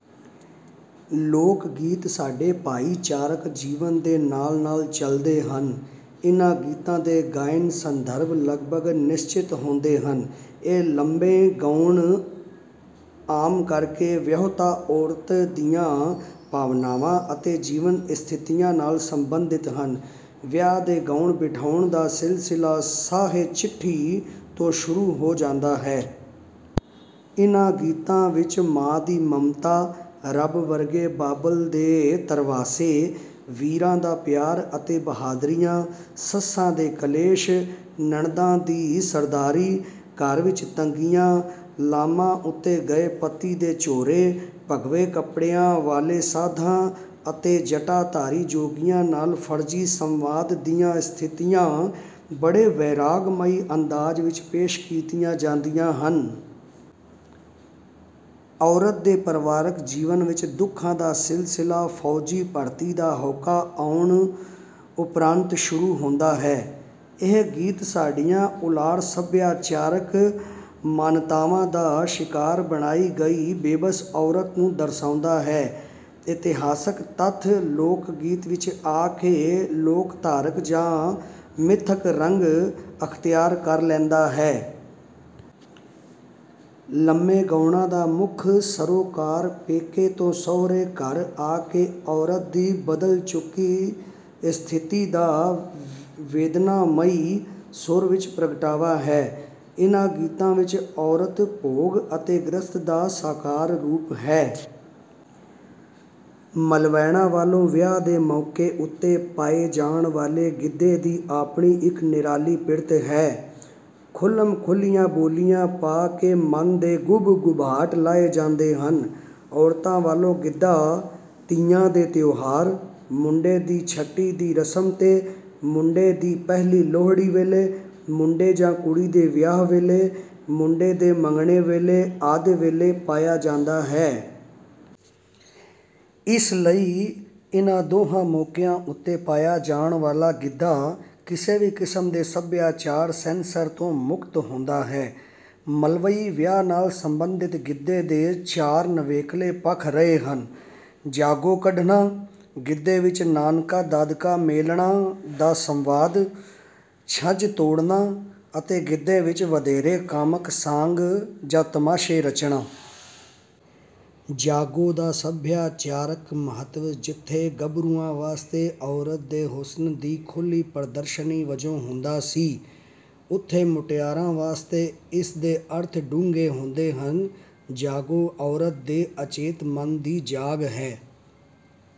ਲੋਕਗੀਤ ਸਾਡੇ ਭਾਈਚਾਰਕ ਜੀਵਨ ਦੇ ਨਾਲ, ਨਾਲ ਚਲਦੇ ਹਨ। ਇਹਨਾਂ ਗੀਤਾਂ ਦੇ ਗਾਇਨ-ਸੰਦਰਭ ਲਗਭਗ ਨਿਸ਼ਚਿਤ ਹੁੰਦੇ ਹਨ। ਇਹ ਲੰਮੇ ਗੌਣ ਆਮ ਕਰਕੇ ਵਿਆਹੁਤਾ ਔਰਤ ਦੀਆਂ ਭਾਵਨਾਵਾਂ ਅਤੇ ਜੀਵਨ ਸਥਿਤੀਆਂ ਨਾਲ ਸੰਬੰਧਿਤ ਹਨ। ਵਿਆਹ ਦੇ ਗਾਉਣ ਬਿਠਾਉਣ ਦਾ ਸਿਲਸਿਲਾ 'ਸਾਹੇ ਚਿੱਠੀ' ਤੋਂ ਹੀ ਸ਼ੂਰੁ ਹੋ ਜਾਂਦਾ ਹੈ। ਇਹਨਾਂ ਗੀਤਾਂ ਵਿਚ ਮਾਂ ਦੀ ਮਮਤਾ, ਰੱਬ ਵਰਗੇ ਬਾਬਲ ਦੇ ਧਰਵਾਸੇ, ਵੀਰਾਂ ਦਾ ਪਿਆਰ ਅਤੇ ਬਹਾਦਰੀਆਂ, ਸੱਸਾਂ ਦੇ ਕਲੇਸ਼, ਨਣਦਾਂ ਦੀ ਸਰਦਾਰੀ, ਘਰ ਵਿਚ ਤੰਗੀਆਂ, ਲਾਮਾਂ ਉੱਤੇ ਗਏ ਪਤੀਆਂ ਦੇ ਝੋਰੇ, ਭਗਵੇਂ ਕੱਪੜਿਆਂ ਵਾਲੇ ਸਾਧਾਂ ਅਤੇ ਜਟਾਧਾਰੀ ਜੋਗੀਆਂ ਨਾਲ ਫਰਜ਼ੀ ਸੰਵਾਦ ਦੀਆਂ ਸਥਿਤੀਆਂ ਬੜੇ ਵੈਰਾਗਮਈ ਅੰਦਾਜ਼ ਵਿਚ ਪੇਸ਼ ਕੀਤੀਆਂ ਜਾਂਦੀਆਂ ਹਨ। ਔਰਤ ਦੇ ਪਰਿਵਾਰਕ ਜੀਵਨ ਵਿਚ ਦੁੱਖਾਂ ਦਾ ਸਿਲਸਿਲਾ ਫੌਜੀ ਭਰਤੀ ਦਾ ਹੋਕਾ ਆਉਣ ਉਪਰੰਤ ਸ਼ੁਰੂ ਹੁੰਦਾ ਹੈ। ਇਹ ਗੀਤ ਸਾਡੀਆਂ ਉਲਾਰ ਸਭਿਆਚਾਰਕ ਮਾਨਤਾਵਾਂ ਦਾ ਸ਼ਿਕਾਰ ਬਣਾਈ ਗਈ ਬੇਬਸ ਔਰਤ ਨੂੰ ਦਰਸਾਉਂਦਾ ਹੈ। ਇਤਿਹਾਸਕ ਤੱਥ ਲੋਕਗੀਤ ਵਿਚ ਆ ਕੇ ਲੋਕਧਾਰਕ ਜਾਂ ਮਿੱਥਕ ਰੰਗ ਅਖਤਿਆਰ ਕਰ ਲੈਂਦਾ ਹੈ। ਲੰਮੇ ਗੌਣਾਂ ਦਾ ਮੱਖ ਸਰੋਕਾਰ ਪੇਕੇ ਤੋਂ ਸੌਹਰੇ ਘਰ ਆ ਕੇ ਔਰਤ ਦੀ ਬਦਲ ਚੁੱਕੀ ਸਥਿਤੀ ਦਾ ਵੇਦਨਾਮਈ ਸੁਰ ਵਿਚ ਪ੍ਗਟਾਵਾ ਹੈ। ਇਹਨਾ ਗੀਤਾਂ ਵਿਚ ਔਰਤ ਭੋਗ ਅਤੇ ਗਹਿਸਤ ਦਾ ਸਾਕਾਰ ਰੂਪ ਹੈ। ਮਲਵੈਣਾਂ ਵੱਲੋਂ ਵਿਆਹ ਦੇ ਮੌਕੇ ਉੱਤੇ ਪਾਏ ਜਾਣ ਵਾਲੇ ਗਿੱਧੇ ਦੀ ਆਪਣੀ ਇਕ ਨਿਰਾਲੀ ਪਿਰਤ ਹੈ। ਖੁੱਲ੍ਹਮ ਖੁੱਲ੍ਹੀਆਂ ਬੋਲੀਆਂ ਪਾ ਕੇ ਮਨ ਦੇ ਗੁਭ ਗੁਭਾਟ ਲਾਹੇ ਜਾਂਦੇ ਹਨ। ਔਰਤਾਂ ਵੱਲੋਂ ਗਿੱਧਾ ਤੀਆਂ ਦੇ ਤਿਉਹਾਰ, ਮੁੰਡੇ ਦੀ ਛਟੀ ਦੀ ਰਸਮ ਤੇ, ਮੁੰਡੇ ਦੀ ਪਹਿਲੀ ਲੋਹੜੀ ਵੇਲੇ, ਮੁੰਡੇ ਜਾਂ ਕੁੜੀ ਦੇ ਵਿਆਹ ਵੇਲੇ, ਮੁੰਡੇ ਦੇ ਮੰਗਣੇ ਵੇਲੇ ਆਦਿ ਵੇਲੇ ਪਾਇਆ ਜਾਂਦਾ ਹੈ। ਇਸ ਲਈ ਇਨ੍ਹਾਂ ਦੋਹਾਂ ਮੌਕਿਆਂ ਉੱਤੇ ਪਾਇਆ ਜਾਣ ਵਾਲਾ ਗਿੱਧਾ ਕਿਸੇ ਵੀ ਕਿਸਮ ਦੇ ਸਭਿਆਚਾਰ ਸੈਂਸਰ ਤੋਂ ਮੁਕਤ ਹੁੰਦਾ ਹੈ। ਮਲਵਈ ਵਿਆਹ ਨਾਲ ਸੰਬੰਧਿਤ ਗਿੱਧੇ ਦੇ ਚਾਰ ਨਿਵੇਕਲੇ ਪੱਖ ਰਹੇ ਹਨ: ਜਾਗੋ ਕੱਢਣਾ, ਗਿੱਧੇ ਵਿਚ ਨਾਨਕਾ-ਦਾਦਕਾ ਮੇਲਣਾਂ ਦਾ ਸੰਵਾਦ, ਛੱਜ ਤੋੜਨਾ ਅਤੇ ਗਿੱਧੇ ਵਿਚ ਵਧੇਰੇ ਕਾਮਕ ਸਾਂਗ ਜਾਂ ਤਮਾਸ਼ੇ ਰਚਣਾ। ਜਾਗੋ ਦਾ ਸਭਿਆਚਾਰਕ ਮਹੱਤਵ ਜਿੱਥੇ ਗਭਰੂਆਂ ਵਾਸਤੇ ਔਰਤ ਦੇ ਹੁਸਨ ਦੀ ਖੁੱਲ੍ਹੀ ਪ੍ਦਰਸ਼ਨੀ ਵਜੋਂ ਹੁੰਦਾ ਸੀ ਉਥੇ ਮੁਟਿਆਰਾਂ ਵਾਸਤੇ ਇਸ ਦੇ ਅਰਥ ਡੂੰਘੇ ਹੁੰਦੇ ਹਨ। ਜਾਗੋ ਔਰਤ ਦੇ ਅਚੇਤ ਮਨ ਦੀ ਜਾਗ ਹੈ।